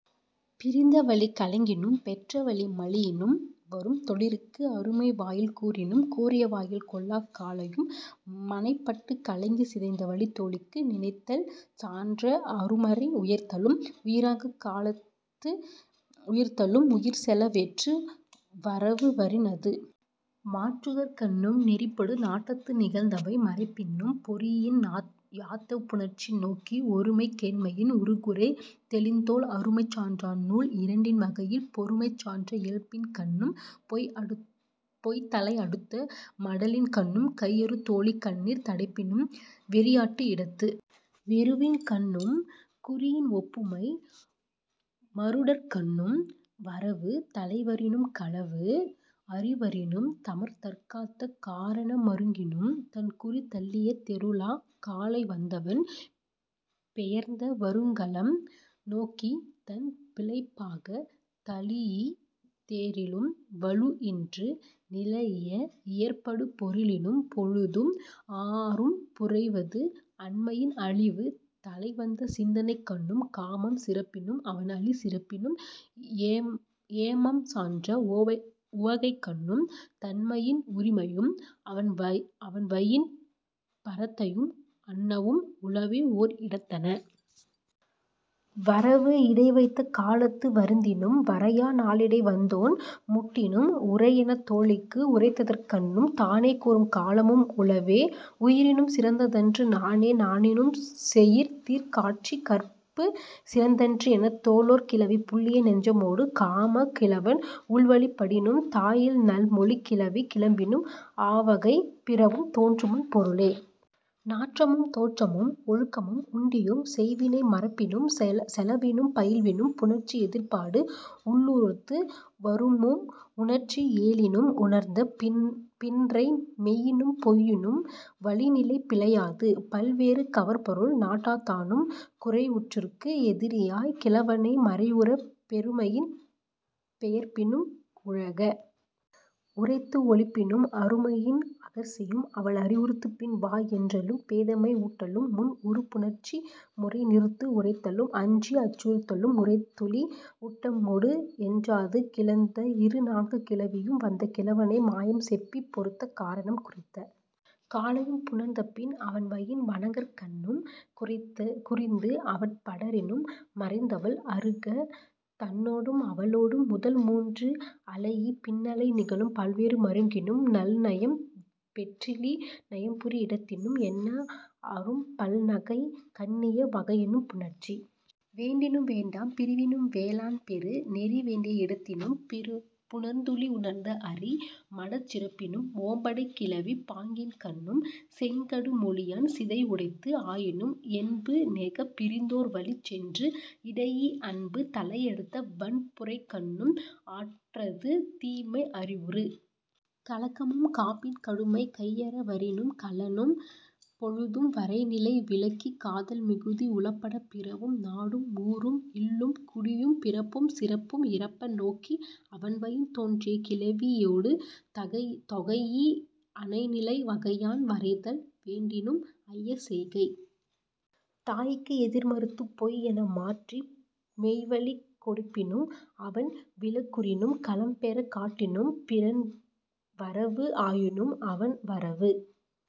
பிரிந்தவழிக் கலங்கினும் பெற்றவழி மலியினும் வரும் தொழிற்கு அருமை வாயில் கூறினும் கூறிய வா யில் கொள்ளாக் காலையும் மனைப் பட்டுக் கலங்கிச் சிதைந்தவழித் தோழிக்கு நினைத்தல் சான்ற அரு மறை உயிர்த்தலும் உயிராக் காலத்து உயிர்த்தலும் உயிர் செல வேற்று வரைவு வரின் அது மாற்றுதற்கண்ணும் நெறி படு நாட்டத்து நிகழ்ந்தவை மறைப்பினும் பொறியின் யாத்த புணர்ச்சி நோக்கி ஒருமைக் கேண்மையின் உறு குறை தெளிந்தோள் அருமை சான்ற நால் இரண்டு வகையின் பெருமை சான்ற இயல்பின்கண்ணும் பொய் தலை அடுத்த மடலின்கண்ணும் கையறு தோழி கண்ணீர் துடைப்பினும் வெறியாட்டு இடத்து வெருவின்கண்ணும் குறியின் ஒப்புமை மருடற்கண்ணும் வரைவு தலைவரினும் களவு அறிவுறினும் தமர் தற் காத்த காரண மருங்கினும் தன் குறி தள்ளிய தெருளாக் காலை வந்தவன் பெயர்ந்த வறுங் களம் நோக்கித் தன் பிழைப்பாகத் தழீஇத் தேறலும் வழு இன்று நிலைஇய இயற்படு பொருளினும் பொழுதும் ஆறும் புரைவது அன்மையின் அழிவு தலைவந்த சிந்தைக்கண்ணும் காமம் சிறப்பினும் அவன் அளி சிறப்பினும் ஏமம் சான்ற உவகைக்கண்ணும் தன்வயின் உரிமையும் அவன்வயின் பரத்தையும் அன்னவும் உளவே ஓர் இடத்தான. வரைவு இடை வைத்த காலத்து வருந்தினும் வரையா நாளிடை வந்தோன் முட்டினும் உரை எனத் தோழிக்கு உரைத்தற்கண்ணும் தானே கூறும் காலமும் உளவே. உயிரினும் சிறந்தன்று நாணே நாணினும் செயிர் தீர் காட்சிக் கற்புச் சிறந்தன்று எனத் தொல்லோர் கிளவி புல்லிய நெஞ்சமொடு காமக் கிழவன் உள்வழிப் படினும் தா இல் நல் மொழி கிழவி கிளப்பினும் ஆ வகை பிறவும் தோன்றுமன் பொருளே. நாற்றமும் தோற்றமும் ஒழுக்கமும் உண்டியும் செய் வினை மறைப்பினும் செலவினும் பயில்வினும் புணர்ச்சி எதிர்ப்பாடு உள்ளுறுத்து வரூஉம் உணர்ச்சி ஏழினும் உணர்ந்த பின்றை மெய்யினும் பொய்யினும் வழிநிலை பிழையாது பல் வேறு கவர் பொருள் நாட்டத்தானும் குறையுறற்கு எதிரிய கிழவனை மறையுறப் பெருமையின் பெயர்ப்பினும் உலகு உரைத்து ஒழிப்பினும் அருமையின் அகற்சியும் அவள் அறிவுறுத்துப் பின் வா என்றலும் பேதைமை ஊட்டலும் முன் உறு புணர்ச்சி முறை நிறுத்து உரைத்தலும் அஞ்சி அச்சுறுத்தலும் உரைத்துழிக் கூட்டமொடு எஞ்சாது கிளந்த இரு நான்கு கிளவியும் வந்த கிழவனை மாயம் செப்பிப் பொறுத்த காரணம் குறித்த காலையும் புணர்ந்த பின் அவன்வயின் வணங்கற்கண்ணும் குறைந்து அவட் படரினும் மறைந்தவள் அருக தன்னொடும் அவளொடும் முதல் மூன்று அளைஇ பின்னிலை நிகழும் பல் வேறு மருங்கினும் நல் நயம் பெற்றுழி நயம் புரி இடத்தினும் எண்ண அரும் பல் நகை கண்ணிய வகையினும் புணர்ச்சி வேண்டினும் வேண்டாப் பிரிவினும் வேளாண் பெரு நெறி வேண்டிய இடத்தினும் புணர்ந்துழி உணர்ந்த அறி மடச் சிறப்பினும் ஓம்படைக் கிளவிப் பாங்கின்கண்ணும் செங் கடு மொழியான் சிதைவுடைத்து ஆயினும் என்பு நெகப் பிரிந்தோள் வழிச் சென்று கடைஇ அன்பு தலையடுத்த வன்புறைக்கண்ணும் ஆற்றது தீமை அறிவுறு கலக்கமும் காப்பின் கடுமை கையற வரினும் களனும் பொழுதும் வரை நிலை விலக்கி காதல் மிகுதி உளப்படப் பிறவும் நாடும் ஊரும் இல்லும் குடியும் பிறப்பும் சிறப்பும் இறப்ப நோக்கி அவன்வயின் தோன்றிய கிளவியொடு தொகைஇ அனை நிலை வகையான் வரைதல் வேண்டினும் ஐயச் செய்கை தாய்க்கு எதிர் மறுத்து பொய் என மாற்றி மெய்வழிக் கொடுப்பினும் அவன் விலங்குறினும் களம் பெறக் காட்டினும் பிறன் வரைவு ஆயினும் அவன் வரைவு